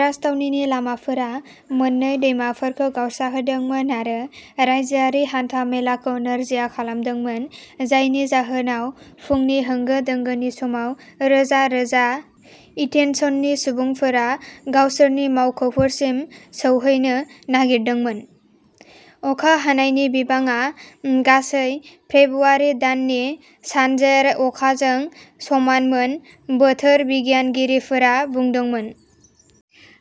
राजथावनिनि लामाफोरा मोन्नै दैमाफोरखौ गावस्राहोदोंमोन आरो रायजोआरि हान्था मेलाखौ नोरजिया खालामदोंमोन। जायनि जाहोनाव फुंनि होंगो दोंगोनि समाव रोजा रोजा एथेन्सनि सुबुंफोरा गावसोरनि मावख'फोरसिम सौहैनो नागिरदोंमोन। अखा हानायनि बिबाङा गासै फेब्रुआरि दाननि सानजेर अखाजों समानमोन बोथोर बिगियानगिरिफोरा बुंदोंमोन।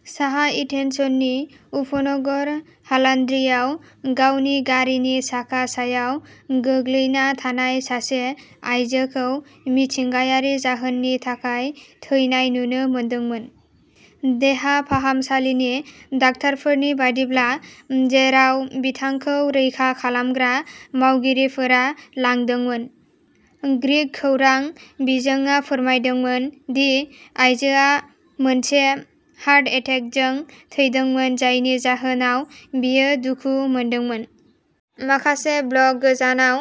साहा एथेन्सनि उपनगर हालान्ड्रिआव गावनि गारिनि साखा सायाव गोग्लैना थानाय सासे आयजोखौ मिथिंगायारि जाहोननि थाखाय थैनाय नुनो मोनदोंमोन। देहा फाहामसालिनि डाक्टारफोरनि बायदिब्ला जेराव बिथांखौ रैखा खालामग्रा मावगिरिफोरा लांदोंमोन। ग्रीक खौरां बिजोंआ फोरमायदोंमोन दि आइजोआ मोनसे हार्ट एटेकजों थैदोंमोन जायनि जाहोनाव बियो दुखु मोनदोंमोन। माखासे ब्लक गोजानाव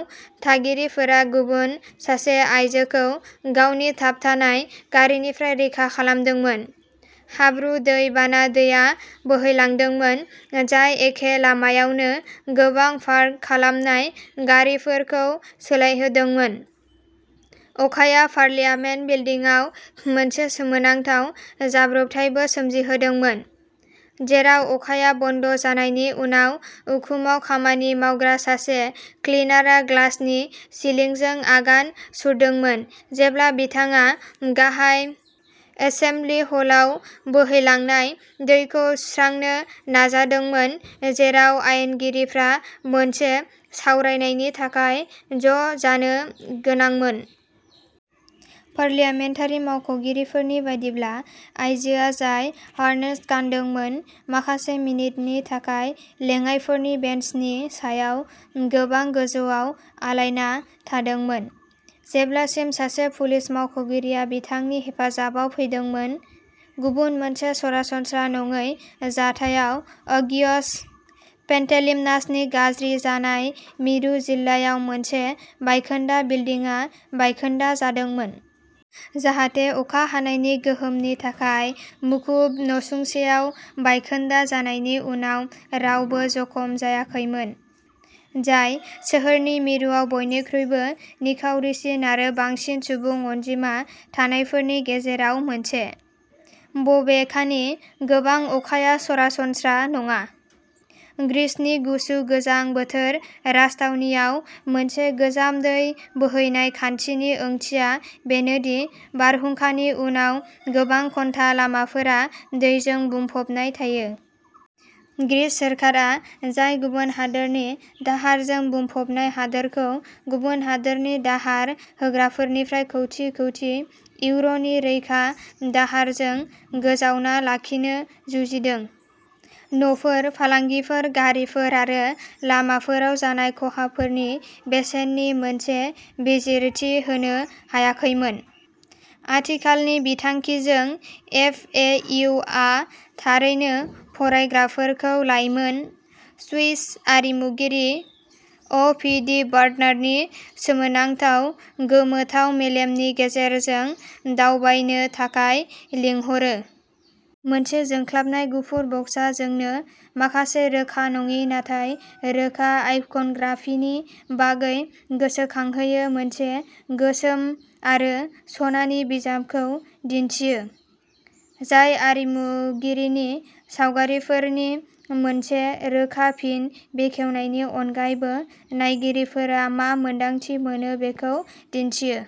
थागिरिफोरा गुबुन सासे आयजोखौ गावनि थाबथानाय गारिनिफ्राय रैखा खालामदोंमोन। हाब्रु दै बाना दैया बोहैलांदोंमोन जाय एखे लामायावनो गोबां पार्क खालामनाय गारिफोरखौ सोलायहोदोंमोन। अखाया पार्लियामेन्ट बिल्डिंआव मोनसे सोमोनांथाव जाब्रबथायबो सोमजिहोदोंमोन। जेराव अखाया बन्द जानायनि उनाव उखुमआव खामानि मावग्रा सासे क्लिनारआ ग्लासनि सिलिंजों आगान सुरदोंमोन जेब्ला बिथाङा गाहाय एसेमब्लि हलआव बोहैलांनाय दैखौ सुस्रानो नाजादोंमोन जेराव आयेनगिरिफ्रा मोनसे सावरायनायनि थाखाय ज'जानो गोनांमोन। पार्लियामेन्टारि मावख'गिरिफोरनि बायदिब्ला आयजोआ जाय हार्नेस गानदोंमोन माखासे मिनिटनि थाखाय लेङाइफोरनि बेन्चनि सायाव गोबां गोजौआव आलायना थादोंमोन। जेब्लासिम सासे पुलिस मावख'गिरिया बिथांनि हेफाजाबाव फैदोंमोन। गुबुन मोनसे सरासनस्रा नङै जाथायाव आगियस पेन्टेलिमनासनि गाज्रि जानाय मिरु जिल्लायाव मोनसे बायखोन्दा बिल्डिंआ बायखोन्दा जादोंमोन। जाहाते अखा हानायनि गोहोमनि थाखाय मुखुब नसुंसेआव बायखोन्दा जानायनि उनाव रावबो जखम जायाखैमोन। जाय सोहोरनि मिरुआव बयनिख्रुइबो निखावरिसिन आरो बांसिन सुबुं अनजिमा थानायफोरनि गेजेराव मोनसे। बबेखानि गोबां अखाया सरासनस्रा नङा। ग्रीसनि गुसुं गोजां बोथोर राजथावनिआव मोनसे गोजाम दै बोहैनाय खान्थिनि ओंथिया बेनो दि बारहुंखानि उनाव गोबां घन्टा लामाफोरा दैजों बुंफबनाय थायो। ग्रीक सोरखारा जाय गुबुन हादोरनि दाहारजों बुंफबनाय हादोरखौ गुबुन हादोरनि दाहार होग्राफोरनिफ्राय कौटि कौटि इउर'नि रैखा दाहारजों गोजावना लाखिनो जुजिदों। न'फोर फालांगिफोर गारिफोर आरो लामाफोराव जानाय खहाफोरनि बेसेननि मोनसे बिजिरथि होनो हायाखैमोन। आथिखालनि बिथांखिजों एफ ए इउ आ थारैनो फरायग्राफोरखौ लाइमोन स्विस आरिमुगिरि अ पि डि बार्नार्डनि सोमोनांथाव गोमोथाव मेलेमनि गेजेरजों दावबायनो थाखाय लिंहरो। मोनसे जोंख्लाबनाय गुफुर बक्सआ जोंनो माखासे रोखा नङि नाथाय रोखा आइकनग्राफिनि बागै गोसोखांहोयो मोनसे गोसोम आरो सनानि बिजाबखौ दिन्थियो। जाय आरिमुगिरिनि सावगारिफोरनि मोनसे रोखा फिन बेखेवनायनि अनगायैबो नायगिरिफोरा मा मोन्दांथि मोनो बेखौ दिन्थियो।